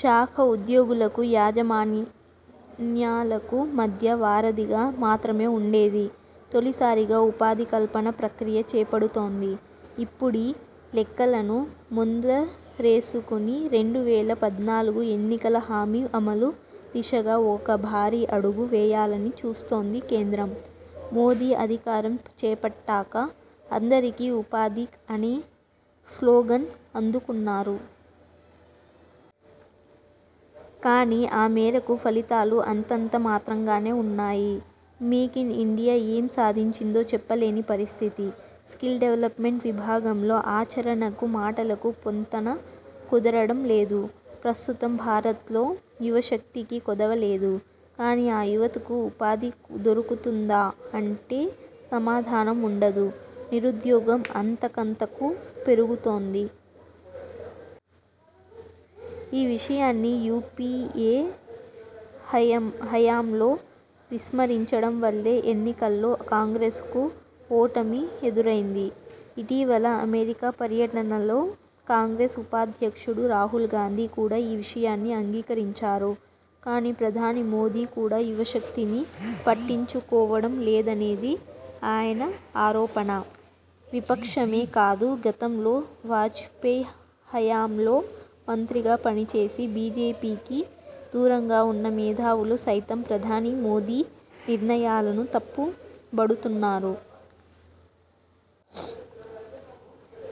శాఖ ఉద్యోగులకు, యాజమాన్యాలకు మధ్య వారధిగా మాత్రమే ఉండేది. తొలిసారిగా ఉపాధికల్పన ప్రక్రియ చేపడుతోంది. ఇప్పుడీ లెక్కలను ముందరేసుకుని రెండు వేల పద్నాలుగు ఎన్నికల హామీ అమలు దిశగా ఒక భారీ అడుగు వేయాలని చూస్తోంది కేంద్రం. మోదీ అధికారం చేపట్టాక అందరికీ ఉపాధి అనే స్లోగన్ అందుకున్నారు. కానీ ఆ మేరకు ఫలితాలు అంతంత మాత్రంగానే ఉన్నాయి. మేక్ఇన్ఇండియా ఏం సాధించిందో చెప్పలేని పరిస్థితి. స్కిల్ డెవలప్మెంట్ విభాగంలో ఆచరణకు, మాటలకు పొంతన కుదరడం లేదు. ప్రస్తుతం భారత్లో యువశక్తికి కొదవలేదు. కానీ ఆ యువతకు ఉపాధి దొరుకుతుందా అంటే సమాధానం ఉండదు. నిరుద్యోగం అంతకంతకూ పెరుగుతోంది. ఈ విషయాన్ని యూపీఏ హయం హయాంలో విస్మరించడం వల్లే ఎన్నికల్లో కాంగ్రెస్కు ఓటమి ఎదురైంది. ఇటీవల అమెరికా పర్యటనలో కాంగ్రెస్ ఉపాధ్యక్షుడు రాహుల్ గాంధీ కూడా ఈ విషయాన్ని అంగీకరించారు. కానీ ప్రధాని మోదీ కూడా యువశక్తిని పట్టించుకోవడం లేదనేది ఆయన ఆరోపణ. విపక్షమే కాదు గతంలో వాజ్పేయ్ హయాంలో మంత్రిగా పనిచేసి బీజేపీకి దూరంగా ఉన్న మేధావులు సైతం ప్రధాని మోదీ నిర్ణయాలను తప్పుబడుతున్నారు.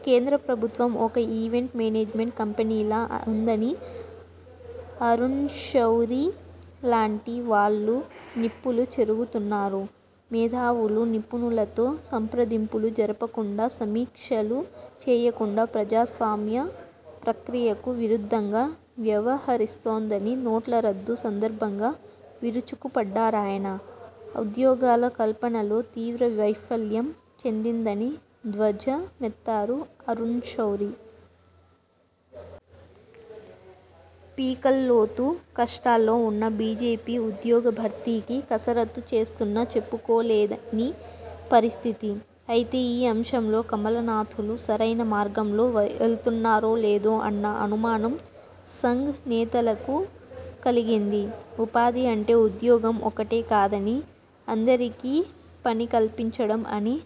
కేంద్ర ప్రభుత్వం ఒక ఈవెంట్ మేనేజ్మెంట్ కంపెనీలా ఉందని అరుణ్ శౌరీ లాంటి వాళ్లు నిప్పులు చెరుగుతున్నారు. మేధావులు, నిపుణులతో సంప్రదింపులు జరపకుండా సమీక్షలు చేయకుండా ప్రజాస్వామ్య ప్రక్రియకు విరుద్ధంగా వ్యవహరిస్తోందని నోట్ల రద్దు సందర్భంగా విరుచుకుపడ్డారాయన. ఉద్యోగాల కల్పనలో తీవ్ర వైఫల్యం చెందిందని ధ్వజమెత్తారు అరుణ్ శౌరి. పీకల్లోతు కష్టాల్లో ఉన్న బీజేపీ ఉద్యోగ భర్తీకి కసరత్తు చేస్తున్నా చెప్పుకోలేదని పరిస్థితి. అయితే ఈ అంశంలో కమలనాథులు సరైన మార్గంలో వెళ్తున్నారో లేదో అన్న అనుమానం సంఘ్ నేతలకు కలిగింది. ఉపాధి అంటే ఉద్యోగం ఒక్కటే కాదని అందరికీ పని కల్పించడం అని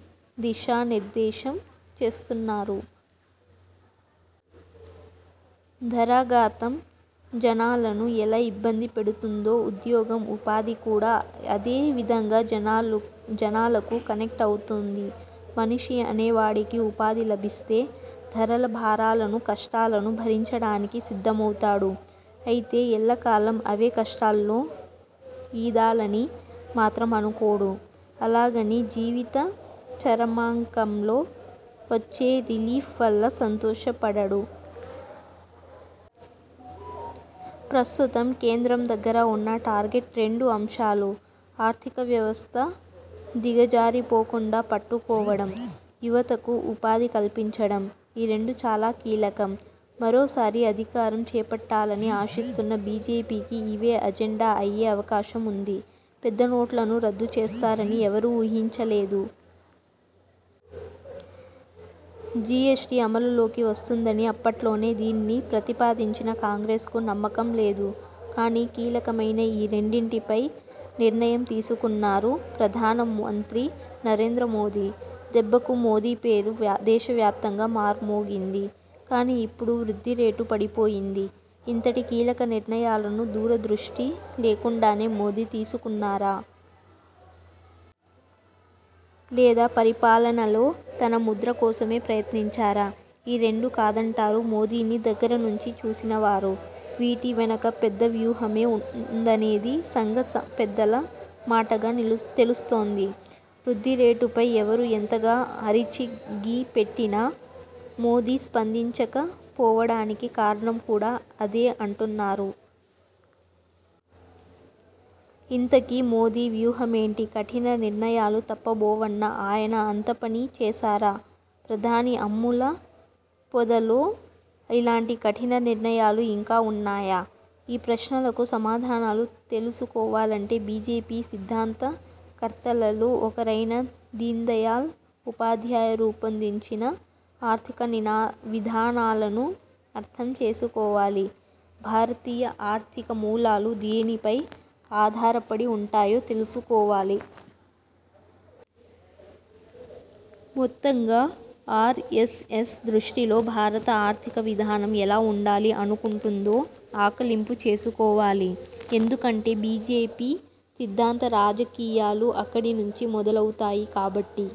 దిశానిర్దేశం చేస్తున్నారు. ధరాగాతం జనాలను ఎలా ఇబ్బంది పెడుతుందో ఉద్యోగం, ఉపాధి కూడా అదే విధంగా జనాలు జనాలకు కనెక్ట్ అవుతోంది. మనిషి అనేవాడికి ఉపాధి లభిస్తే ధరల భారాలను, కష్టాలను భరించడానికి సిద్ధమవుతాడు. అయితే ఎల్లకాలం అవే కష్టాల్లో ఈదాలని మాత్రం అనుకోడు. అలాగని జీవిత చరమాంకంలో వచ్చే రిలీఫ్ వల్ల సంతోషపడడు. ప్రస్తుతం కేంద్రం దగ్గర ఉన్న టార్గెట్ రెండు అంశాలు. ఆర్థిక వ్యవస్థ దిగజారిపోకుండా పట్టుకోవడం. యువతకు ఉపాధి కల్పించడం. ఈ రెండు చాలా కీలకం. మరోసారి అధికారం చేపట్టాలని ఆశిస్తున్న బీజేపీకి ఇవే అజెండా అయ్యే అవకాశం ఉంది. పెద్దనోట్లను రద్దు చేస్తారని ఎవరూ ఊహించలేదు. జీఎస్టీ అమలులోకి వస్తుందని అప్పట్లోనే దీన్ని ప్రతిపాదించిన కాంగ్రెస్కు నమ్మకం లేదు. కానీ కీలకమైన ఈ రెండింటిపై నిర్ణయం తీసేసుకున్నారు ప్రధాన మంత్రి నరేంద్ర మోదీ. దెబ్బకు మోదీ పేరు దేశవ్యాప్తంగా మార్మోగింది. కానీ ఇప్పుడు వృద్ధి రేటు పడిపోయింది. ఇంతటి కీలక నిర్ణయాలను దూరదృష్టి లేకుండానే మోదీ తీసుకున్నారా? లేదా పరిపాలనలో తన ముద్ర కోసమే ప్రయత్నించారా? ఈ రెండూ కాదంటారు మోదీని దగ్గర నుంచి చూసినవారు. వీటి వెనక పెద్ద వ్యూహమే ఉందనేది సంఘస పెద్దల మాటగా నిలుస్తు తెలుస్తోంది. వృద్ధి రేటుపై ఎవరు ఎంతగా అరిచి గీపెట్టినా మోదీ స్పందించకపోవడానికి కారణం కూడా అదే అంటున్నారు. ఇంతకీ మోదీ వ్యూహమేంటి కఠిన నిర్ణయాలు తప్పబోవన్న ఆయన అంతపనీ చేశారా ప్రధాని అమ్ములపొదలో ఇలాంటి కఠిన నిర్ణయాలు ఇంకా ఉన్నాయా?.. ఈ ప్రశ్నలకు సమాధానాలు తెలుసుకోవాలంటే బీజేపీ సిద్ధాంత కర్తలలో ఒకరైన దీన్దయాల్ ఉపాధ్యాయ రూపొందించిన ఆర్థిక నినా విధానాలను అర్థం చేసుకోవాలి. భారతీయ ఆర్థిక మూలాలు దేనిపై ఆధారపడి ఉంటాయో తెలుసుకోవాలి. మొత్తంగా ఆర్ఎస్ఎస్ దృష్టిలో భారత ఆర్థిక విధానం ఎలా ఉండాలి అనుకుంటుందో ఆకలింపు చేసుకోవాలి. ఎందుకంటే బీజేపీ సిద్ధాంత రాజకీయాలు అక్కడి నుంచి మొదలవుతాయి కాబట్టి.